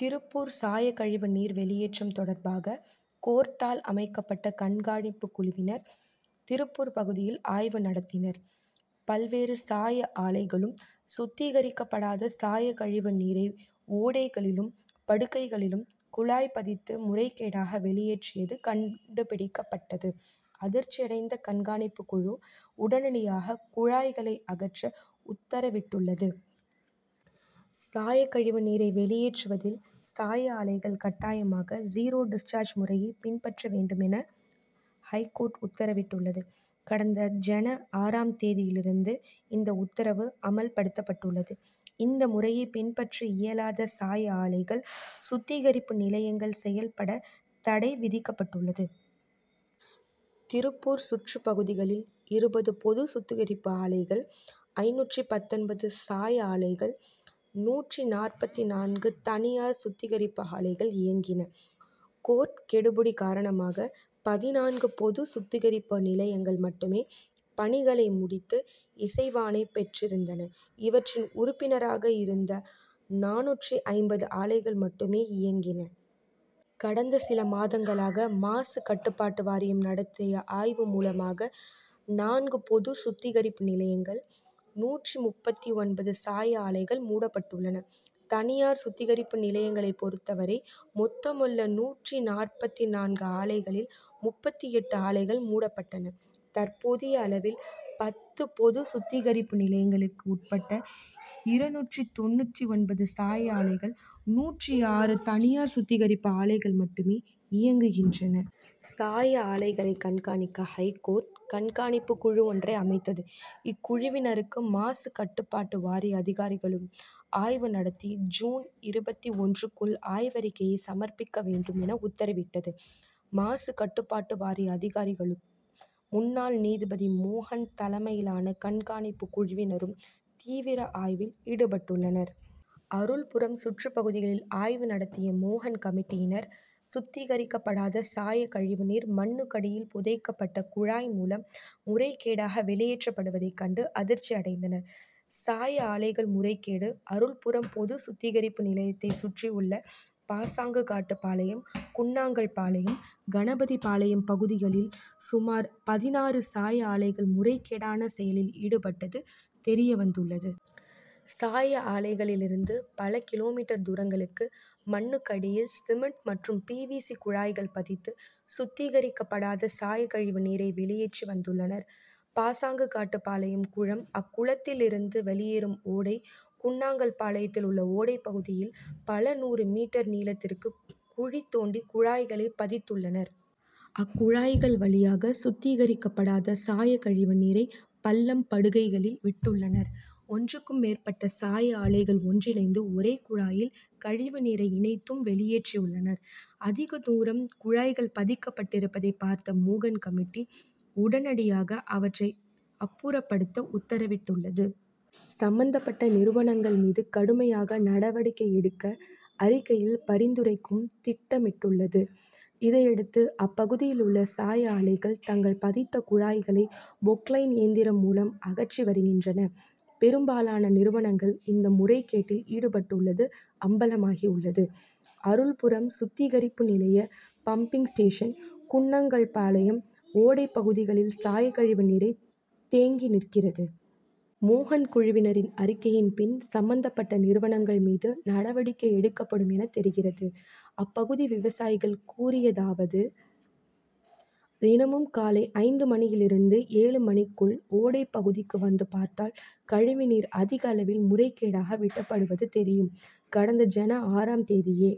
திருப்பூர் சாயக்கழிவு நீர் வெளியேற்றம் தொடர்பாக, கோர்ட்டால் அமைக்கப் பட்ட கண்காணிப்பு குழுவினர், திருப்பூர் பகுதியில் ஆய்வு நடத்தினர். பல்வேறு சாய ஆலைகளும், சுத்திகரிக்கப்படாத சாயக்கழிவு நீரை ஓடைகளிலும், படுகைகளிலும் குழாய் பதித்து முறைகேடாக வெளியேற்றியது கண்டுபிடிக்கப்பட்டது. அதிர்ச்சியடைந்த கண் காணிப்பு குழு, உடனடியாக குழாய்களை அகற்ற உத்தரவிட்டுள்ளது. சாயக்கழிவு நீரை வெளியேற்றுவதில் சாய ஆலைகள் கட்டாயமாக ஜீரோ டிஸ்சார்ஜ்' முறையை பின்பற்ற வேண்டும் என ஐகோர்ட் உத்தரவிட்டுள்ளது. கடந்த ஜன., ஆறு ம் தேதியில் இருந்து இந்த உத்தரவு அமல்படுத்தப்பட்டுள்ளது. இம்முறையை பின்பற்ற இயலாத சாய ஆலைகள், சுத்திகரிப்பு நிலையங்கள் செயல்பட தடை விதிக்கப்பட்டுள்ளது. திருப்பூர் சுற்றுப்பகுதிகளில் இருபது பொது சுத்திகரிப்பு நிலையங்கள், ஐந்நூற்று பத்தொன்பது சாய ஆலைகள், நூற்று நாற்பத்து நான்கு தனியார் சுத்திகரிப்பு ஆலைகள் இயங்கின. கோர்ட் கெடுபிடி காரணமாக, பதினான்கு பொது சுத்திகரிப்பு நிலையங்கள் மட்டுமே பணிகளை முடித்து இசைவாணை பெற்றிருந்தன. இவற்றின் உறுப்பினராக இருந்த நானூற்று ஐம்பது ஆலைகள் மட்டுமே இயங்கின. கடந்த சில மாதங்களாக மாசு கட்டுப்பாடு வாரியம் நடத்திய ஆய்வு மூலமாக, நான்கு பொது சுத்திகரிப்பு நிலையங்கள், நூற்று முப்பத்து ஒன்பது சாய ஆலைகள் மூடப்பட்டுள்ளன. தனியார் சுத்திகரிப்பு நிலையங்களை பொறுத்தவரை, மொத்தமுள்ள நூற்று நாற்பத்து நான்கு ஆலைகளில், முப்பத்து எட்டு ஆலைகள் மூடப்பட்டன. தற்போதைய அளவில், பத்து பொது சுத்திகரிப்பு நிலையங்களுக்கு உட்பட்ட இருநூற்று தொண்ணூற்று ஒன்பது சாய ஆலைகள், நூற்று ஆறு தனியார் சுத்திகரிப்பு ஆலைகள் மட்டுமே இயங்குகின்றன. சாய ஆலைகளை கண் காணிக்க, ஐகோர்ட் கண் காணிப்பு குழு ஒன்றை அமைத்தது. இக்குழுவினரும், மாசு கட்டுப் பாடு வாரிய அதிகாரிகளும் ஆய்வு நடத்தி, ஜூன் இருபத்து ஒன்று க்குள் ஆய்வறிக்கையை சமர்ப்பிக்க வேண்டும் என உத்தரவிட்டது. மாசு கட்டுப்பாடு வாரிய அதிகாரிகளும், முன்னாள் நீதிபதி மோகன் தலைமையிலான கண்காணிப்பு குழுவினரும் தீவிர ஆய்வில் ஈடுபட்டுள்ளனர். அருள்புரம் சுற்றுப்பகுதிகளில் ஆய்வு நடத்திய மோகன் கமிட்டியினர், சுத்திகரிக்கப் படாத சாயக்கழிவு நீர் மண்ணுக்கடியில் புதைக் கப்பட்ட குழாய் மூலம் முறைகேடாக வெளியேற்றப் படுவதைக் கண்டு அதிர்ச்சி அடைந்தனர். சாய ஆலைகள் முறைகேடு அருள்புரம் பொது சுத்திகரிப்பு நிலையத்தைச் சுற்றியுள்ள பாச்சாங்காட்டுப்பாளையம், குன்னாங்கல்பாளையம், கணபதிபாளையம் பகுதிகளில் சுமார் பதினாறு சாய ஆலைகள் முறைகேடான செயலில் ஈடுபட்டது தெரியவந்துள்ளது. சாய ஆலைகளில் இருந்து பல கி. மீ., தூரங்களுக்கு மண்ணுக்கடியில் சிமென்ட் மற்றும் பிவிசி' குழாய்கள் பதித்து, சுத்திகரிக் கப்படாத சாயக்கழிவு நீரை வெளியேற்றி வந்துள்ளனர். பாச்சாங்காட்டுப்பாளையம் குளம், அக்குளத்தில் இருந்து வெளியேறும் ஓடை, குன்னாங் கல் பாளையத்தில் உள்ள ஓடைப்பகுதிகளில் பல நூறு மீட்டர் நீளத்துக்கு குழி தோண்டி குழாய்களைப் பதித் துள்ளனர். அக்குழாய்கள் வழியாக சுத்திகரிக்கப்படாத சாயக்கழிவு நீரை பள்ளம், படுகைகளில் விட்டுள்ளனர். ஒன்றுக்கும் மேற்பட்ட சாய ஆலைகள் ஒன்றிணைந்து ஒரே குழாயில் கழிவு நீரை இணைத் தும் வெளியேற்றி உள்ளனர். அதிக தூரம் குழாய்கள் பதிக் கப்பட்டிருந்ததை பார்த்த மோகன் கமிட்டி, உடனடியாக அவற்றை அப்புறப்படுத்த உத் தரவிட்டுள்ளது. சம்பந்தப் பட்ட நிறுவனங்கள் மீது கடுமையாக நடவடிக்கை எடுக்க, அறிக்கையில் பரிந்துரைக்கவும் திட்டமிட்டுள்ளது. இதையடுத்து, அப்பகுதியில் உள்ள சாய ஆலைகள், தாங்கள் பதித்த குழாய்களை பொக் லைன் இயந்திரம் மூலம் அகற்றி வருகின்றன. பெரும் பாலான நிறுவனங்கள், இந்த முறைகேட்டில் ஈடுபட்டுள்ளது அம்பலமாகி உள்ளது. அருள்புரம் சுத்திகரிப்பு நிலைய பம்பிங் ஸ்டேஷன், குன்னாங் கல்பாளையம் ஓடை பகுதிகளில் சாயக்கழிவு நீர் தேங்கி நிற்கிறது. மோகன் குழுவினரின் அறிக்கைக்குப்பின், சம்பந்தப்பட்ட நிறுவனங்கள் மீது நடவடிக்கை எடுக்கப் படும் என தெரிகிறது. அப்பகுதி விவசாயிகள் கூறியதாவது தினமும் காலை ஐந்து மணியில் இருந்து ஏழு மணிக்குள் ஓடைப்பகுதிக்கு வந்து பார்த்தால், கழிவு நீர் அதிகளவில் முறைகேடாக விடப் படுவது தெரியும். கடந்த ஜன., ஆறாம் தேதியே